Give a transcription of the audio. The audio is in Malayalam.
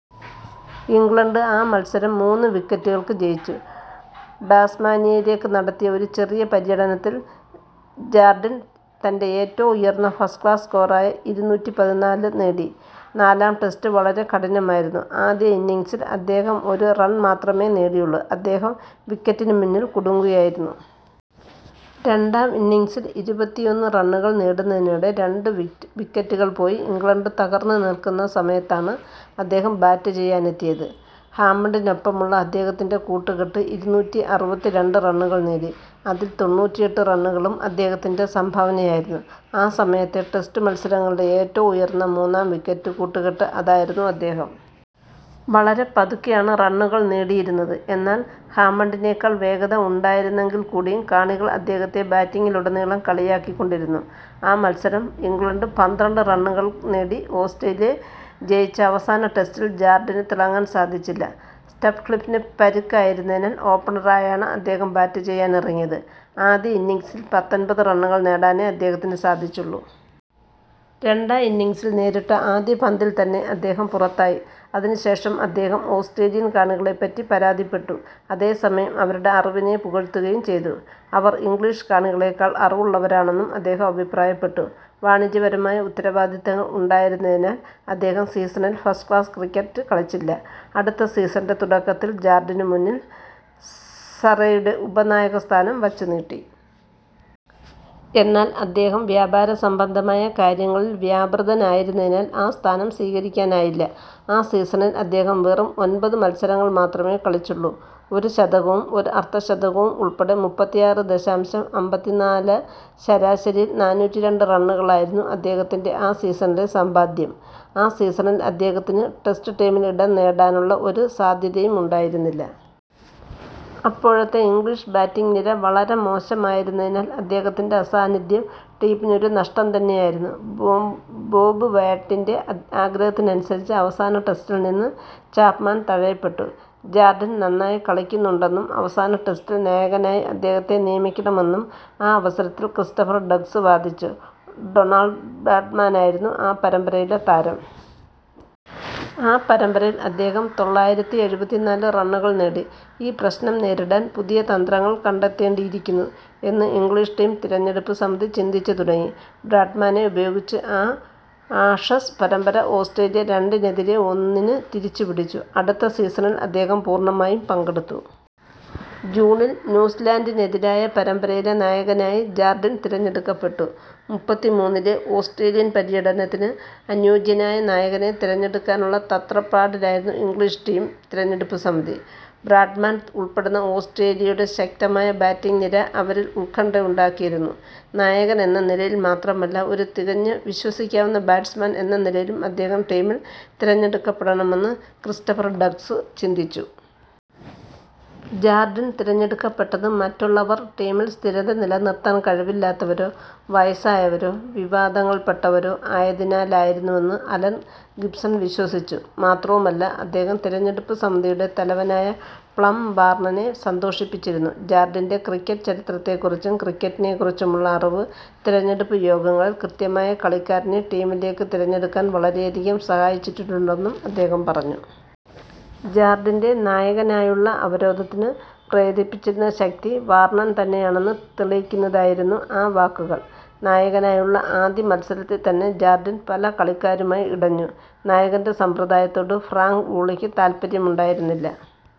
ഇംഗ്ലണ്ട് ആ മത്സരം മൂന്ന് വിക്കറ്റുകൾക്ക് ജയിച്ചു. ടാസ്മാനിയയിലേക്ക് നടത്തിയ ഒരു ചെറിയ പര്യടനത്തിൽ ജാർഡിൻ തൻ്റെ ഏറ്റവും ഉയർന്ന ഫസ്റ്റ് ക്ലാസ് സ്കോറായ ഇരുന്നൂറ്റി പതിനാല് നേടി.നാലാം ടെസ്റ്റ് വളരെ കഠിനമായിരുന്നു. ആദ്യ ഇന്നിംഗ്സിൽ അദ്ദേഹം ഒരു റൺ മാത്രമേ നേടിയുള്ളൂ. അദ്ദേഹം വിക്കറ്റിന് മുന്നിൽ കുടുങ്ങുകയായിരുന്നു. രണ്ടാം ഇന്നിംഗ്സിൽ ഇരുപത്തിയൊന്ന് റണ്ണുകൾ നേടുന്നതിനിടെ രണ്ട് വിക്കറ്റുകൾ പോയി ഇംഗ്ലണ്ട് തകർന്നു നിൽക്കുന്ന സമയത്താണ് അദ്ദേഹം ബാറ്റ് ചെയ്യാനെത്തിയത്. ഹാമണ്ടിനൊപ്പമുള്ള അദ്ദേഹത്തിൻ്റെ കൂട്ടുകെട്ട് ഇരുന്നൂറ്റി അറുപത്തിരണ്ട് റണ്ണുകൾ നേടി. അതിൽ തൊണ്ണൂറ്റിയെട്ട് റണ്ണുകളും അദ്ദേഹത്തിൻ്റെ സംഭാവനയായിരുന്നു. ആ സമയത്തെ ടെസ്റ്റ് മത്സരങ്ങളിലെ ഏറ്റവും ഉയർന്ന മൂന്നാം വിക്കറ്റ് കൂട്ടുകെട്ട് അതായിരുന്നു. അദ്ദേഹം വളരെ പതുക്കെയാണ് റണ്ണുകൾ നേടിയിരുന്നത്. എന്നാൽ ഹാമണ്ടിനേക്കാൾ വേഗത ഉണ്ടായിരുന്നെങ്കിൽക്കൂടിയും കാണികൾ അദ്ദേഹത്തെ ബാറ്റിംഗിലുടനീളം കളിയാക്കിക്കൊണ്ടിരുന്നു. ആ മത്സരം ഇംഗ്ലണ്ട് പന്ത്രണ്ട് റണ്ണുകൾക്ക് നേടി. ഓസ്ട്രേലിയ ജയിച്ച അവസാന ടെസ്റ്റിൽ ജാർഡിന് തിളങ്ങാൻ സാധിച്ചില്ല. സറ്റ്ക്ലിഫിന് പരിക്കായിരുന്നതിനാൽ ഓപ്പണറായാണ് അദ്ദേഹം ബാറ്റ് ചെയ്യാനിറങ്ങിയത്. ആദ്യ ഇന്നിംഗ്സിൽ പത്തൊൻപത് റണ്ണുകൾ നേടാനേ അദ്ദേഹത്തിന് സാധിച്ചുള്ളൂ. രണ്ടാം ഇന്നിംഗ്സിൽ നേരിട്ട ആദ്യ പന്തിൽ തന്നെ അദ്ദേഹം പുറത്തായി. അതിനുശേഷം അദ്ദേഹം ഓസ്ട്രേലിയൻ കാണികളെപ്പറ്റി പരാതിപ്പെട്ടു. അതേസമയം അവരുടെ അറിവിനെ പുകഴ്ത്തുകയും ചെയ്തു. അവർ ഇംഗ്ലീഷ് കാണികളേക്കാൾ അറിവുള്ളവരാണെന്ന് അദ്ദേഹം അഭിപ്രായപ്പെട്ടു. വാണിജ്യപരമായ ഉത്തരവാദിത്തങ്ങൾ ഉണ്ടായിരുന്നതിനാൽ അദ്ദേഹം സീസണിൽ ഫസ്റ്റ് ക്ലാസ് ക്രിക്കറ്റ് കളിച്ചില്ല. അടുത്ത സീസണിൻ്റെ തുടക്കത്തിൽ ജാർഡിന് മുന്നിൽ സറേയുടെ ഉപനായകസ്ഥാനം വച്ചുനീട്ടി. എന്നാൽ അദ്ദേഹം വ്യാപാരസംബന്ധമായ കാര്യങ്ങളിൽ വ്യാപൃതനായിരുന്നതിനാൽ ആ സ്ഥാനം സ്വീകരിക്കാനായില്ല. ആ സീസണിൽ അദ്ദേഹം വെറും ഒൻപത് മത്സരങ്ങൾ മാത്രമേ കളിച്ചുള്ളൂ. ഒരു ശതകവും ഒരു അർധശതകവും ഉൾപ്പെടെ മുപ്പത്തിയാറ് ദശാംശം അമ്പത്തിനാല് ശരാശരിയിൽ നാനൂറ്റിരണ്ട് റണ്ണുകളായിരുന്നു അദ്ദേഹത്തിൻ്റെ ആ സീസണിലെ സമ്പാദ്യം.ആ സീസണിൽ അദ്ദേഹത്തിന് ടെസ്റ്റ് ടീമിൽ ഇടം നേടാനുള്ള ഒരു സാധ്യതയുമുണ്ടായിരുന്നില്ല. അപ്പോഴത്തെ ഇംഗ്ലീഷ് ബാറ്റിംഗ് നിര വളരെ മോശമായിരുന്നതിനാൽ അദ്ദേഹത്തിൻ്റെ അസാന്നിധ്യം ടീമിന് ഒരു നഷ്ടം തന്നെയായിരുന്നു. ബോബ് വ്യാട്ടിൻ്റെ ആഗ്രഹത്തിനനുസരിച്ച് അവസാന ടെസ്റ്റിൽനിന്നും ചാപ്മാൻ തഴയപ്പെട്ടു. ജാർഡിൻ നന്നായി കളിക്കുന്നുണ്ടെന്നും അവസാന ടെസ്റ്റിൽ നായകനായി അദ്ദേഹത്തെ നിയമിക്കണമെന്നും ആ അവസരത്തിൽ ക്രിസ്റ്റഫർ ഡഗ്ലസ് വാദിച്ചു. ഡൊണാൾഡ് ബ്രാഡ്മാനായിരുന്നു ആ പരമ്പരയിലെ താരം. ആ പരമ്പരയിൽ അദ്ദേഹം തൊള്ളായിരത്തി എഴുപത്തിനാല് റണ്ണുകൾ നേടി. ഈ പ്രശ്നം നേരിടാൻ പുതിയ തന്ത്രങ്ങൾ കണ്ടെത്തേണ്ടിയിരിക്കുന്നു എന്ന് ഇംഗ്ലീഷ് ടീം തിരഞ്ഞെടുപ്പ് സമിതി ചിന്തിച്ചു തുടങ്ങി. ബ്രാഡ്മാനെ ഉപയോഗിച്ച് ആ ആഷസ് പരമ്പര ഓസ്ട്രേലിയ രണ്ടിനെതിരെ ഒന്നിന് തിരിച്ചുപിടിച്ചു. അടുത്ത സീസണിൽ അദ്ദേഹം പൂർണ്ണമായും പങ്കെടുത്തു. ജൂണിൽ ന്യൂസിലൻഡിനെതിരായ പരമ്പരയിലെ നായകനായി ജാർഡിൻ തിരഞ്ഞെടുക്കപ്പെട്ടു. മുപ്പത്തിമൂന്നിലെ ഓസ്ട്രേലിയൻ പര്യടനത്തിന് അനുയോജ്യനായ നായകനെ തിരഞ്ഞെടുക്കാനുള്ള തത്രപ്പാടിലായിരുന്നു ഇംഗ്ലീഷ് ടീം തിരഞ്ഞെടുപ്പ് സമിതി. ബ്രാഡ്മാൻ ഉൾപ്പെടുന്ന ഓസ്ട്രേലിയയുടെ ശക്തമായ ബാറ്റിംഗ് നിര അവരിൽ ഉത്കണ്ഠയുണ്ടാക്കിയിരുന്നു. നായകൻ എന്ന നിലയിൽ മാത്രമല്ല, ഒരു തികഞ്ഞ, വിശ്വസിക്കാവുന്ന ബാറ്റ്സ്മാൻ എന്ന നിലയിലും അദ്ദേഹം ടീമിൽ തിരഞ്ഞെടുക്കപ്പെടണമെന്ന് ക്രിസ്റ്റഫർ ഡഗ്ലസ് ചിന്തിച്ചു. ജാർഡിൻ തിരഞ്ഞെടുക്കപ്പെട്ടത് മറ്റുള്ളവർ ടീമിൽ സ്ഥിരത നിലനിർത്താൻ കഴിവില്ലാത്തവരോ, വയസ്സായവരോ, വിവാദങ്ങളിൽ പെട്ടവരോ ആയതിനാലായിരുന്നുവെന്ന് അലൻ ഗിബ്സൺ വിശ്വസിച്ചു. മാത്രവുമല്ല, അദ്ദേഹം തിരഞ്ഞെടുപ്പ് സമിതിയുടെ തലവനായ പ്ലം വാർണറെ സന്തോഷിപ്പിച്ചിരുന്നു. ജാർഡിൻ്റെ ക്രിക്കറ്റ് ചരിത്രത്തെക്കുറിച്ചും ക്രിക്കറ്റിനെക്കുറിച്ചുമുള്ള അറിവ് തിരഞ്ഞെടുപ്പ് യോഗങ്ങളിൽ കൃത്യമായ കളിക്കാരനെ ടീമിലേക്ക് തിരഞ്ഞെടുക്കാൻ വളരെയധികം സഹായിച്ചിട്ടുണ്ടെന്നും അദ്ദേഹം പറഞ്ഞു. ജാർഡിൻ്റെ നായകനായുള്ള അവരോധനത്തിന് പ്രേരിപ്പിച്ചിരുന്ന ശക്തി വാർണർ തന്നെയാണെന്ന് തെളിയിക്കുന്നതായിരുന്നു ആ വാക്കുകൾ. നായകനായുള്ള ആദ്യ മത്സരത്തിൽ തന്നെ ജാർഡിൻ പല കളിക്കാരുമായി ഇടഞ്ഞു. നായകൻ്റെ സമ്പ്രദായത്തോട് ഫ്രാങ്ക് വൂളിക്ക് താൽപര്യമുണ്ടായിരുന്നില്ല.